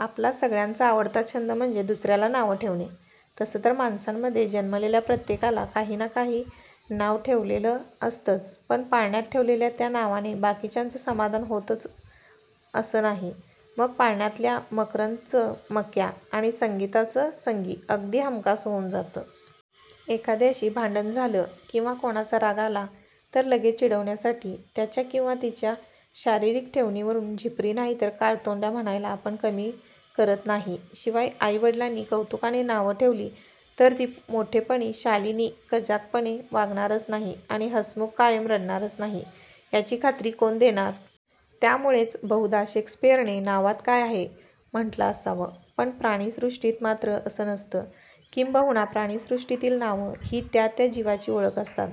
आपला सगळ्यांचा आवडता छंद म्हणजे दुसऱ्याला नावं ठेवणं. तसं तर माणसांमध्ये जन्मलेल्या प्रत्येकाला काही ना काही नाव ठेवलेलं असतंच, पण पाळण्यात ठेवलेल्या त्या नावाने बाकीच्यांचं समाधान होतंच असं नाही, मग पाळणातल्या 'मकरंद'चं 'मक्या' आणि 'संगीताचं' 'संगी' अगदी हमखास होऊन जातं. एखाद्याशी भांडण झालं किंवा कोणाचा राग आला तर लगेच चिडवण्यासाठी त्याच्या किंवा तिच्या शारीरिक ठेवणीवरून 'झिपरी' नाहीतर 'काळतोंड्या' म्हणायला आपण कमी करत नाही. शिवाय आई-वडिलांनी कौतुकाने नाव ठेवलं तरी पुढे मोठेपणी 'शालिनी' कजागपणे वागणारच नाही आणि 'हसमुख' कायम रडणारच नाही याची खात्री कोण देणार? त्यामुळेच बहुधा शेक्सपियरने 'नावात काय आहे? ' म्हटलं असावं. पण प्राणिसृष्टीत मात्र असं नसतं. किंबहुना प्राणिसृष्टीतील नावं ही त्या त्या जीवाची ओळख असतात,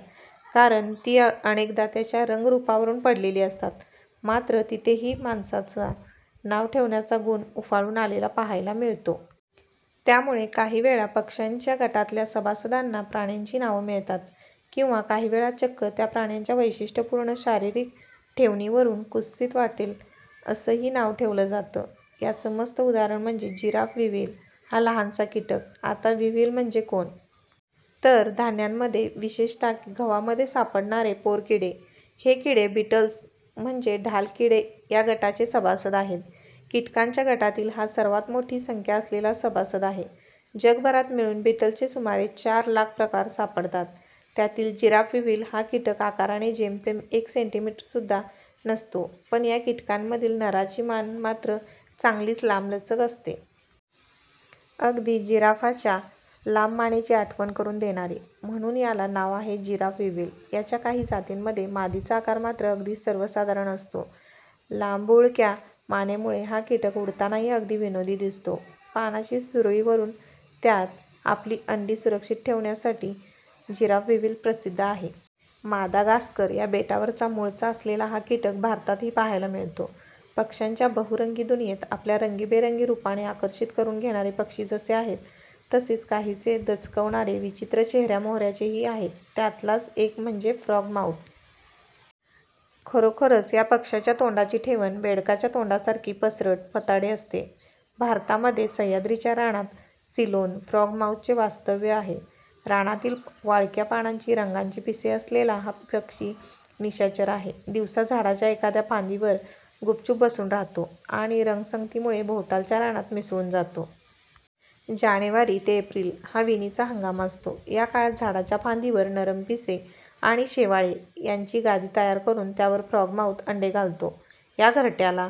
कारण ती अनेकदा त्याच्या रंगरुपावरून पडलेली असतात. मात्र तिथेही माणसाचा 'नाव ठेवण्याचा' गुण उफाळून आलेला पाहायला मिळतो. त्यामुळे काही वेळा पक्ष्यांच्या गटातल्या सभासदांना प्राण्यांची नावं मिळतात किंवा काहीवेळा चक्क त्या प्राण्याच्या वैशिष्ट्यपूर्ण शारीरिक ठेवणीवरून कुत्सित वाटेल असंही नाव ठेवलं जातं. याचं मस्त उदाहरण म्हणजे 'जिराफ विव्हिल' हा लहानसा कीटक. आता 'विव्हिल' म्हणजे कोण? तर धान्यांमध्ये, विशेषतः गव्हामध्ये सापडणारे 'पोरकिडे'. हे किडे बिटल्स म्हणजे ढालकिडे या गटाचे सभासद आहेत. कीटकांच्या गटातील हा सर्वांत मोठी संख्या असलेला सभासद आहे. जगभरात मिळून बिटल्सचे सुमारे चार लाख प्रकार सापडतात. त्यातील 'जिराफ विव्हिल' हा कीटक आकाराने जेमतेम एक सेंटिमीटरसुद्धा नसतो, पण या कीटकांमधील नराची मान मात्र चांगलीच लांबलचक असते. अगदी जिराफाच्या लांबमानेची आठवण करून देणारी! म्हणून याला नाव आहे 'जिराफ विव्हिल'. याच्या काही जातींमध्ये मादीचा आकार मात्र अगदी सर्वसाधारण असतो. लांबुळक्या मानेमुळे हा कीटक उडतानाही अगदी विनोदी दिसतो. पानाची सुरळी वळून त्यात आपली अंडी सुरक्षित ठेवण्यासाठी जिराफ विव्हिल प्रसिद्ध आहे. मादागास्कर या बेटावरचा मूळचा असलेला हा कीटक भारतातही पाहायला मिळतो. पक्ष्यांच्या बहुरंगी दुनियेत आपल्या रंगीबेरंगी रुपाने आकर्षित करून घेणारे पक्षी जसे आहेत, तसेच काहिसे दचकवणारे, विचित्र चेहऱ्यामोहऱ्याचेही आहेत. त्यातलाच एक म्हणजे 'फ्रॉग माऊथ'. खरोखरच या पक्ष्याच्या तोंडाची ठेवण बेडकाच्या तोंडासारखी पसरट, फताडी असते. भारतामध्ये सह्याद्रीच्या रानात 'सिलोन फ्रॉगमाऊथ'चे वास्तव्य आहे. रानातील वाळक्या पानांच्या रंगाची पिसे असलेला हा पक्षी निशाचर आहे. दिवसा झाडाच्या एखाद्या फांदीवर गुपचूप बसून राहतो आणि रंगसंगतीमुळे भोवतालच्या रानात मिसळून जातो. जानेवारी ते एप्रिल हा विणीचा हंगाम असतो. या काळात झाडाच्या फांदीवर नरम पिसे आणि शेवाळे यांची गादी तयार करून त्यावर फ्रॉगमाऊथ अंडे घालतो. या घरट्याला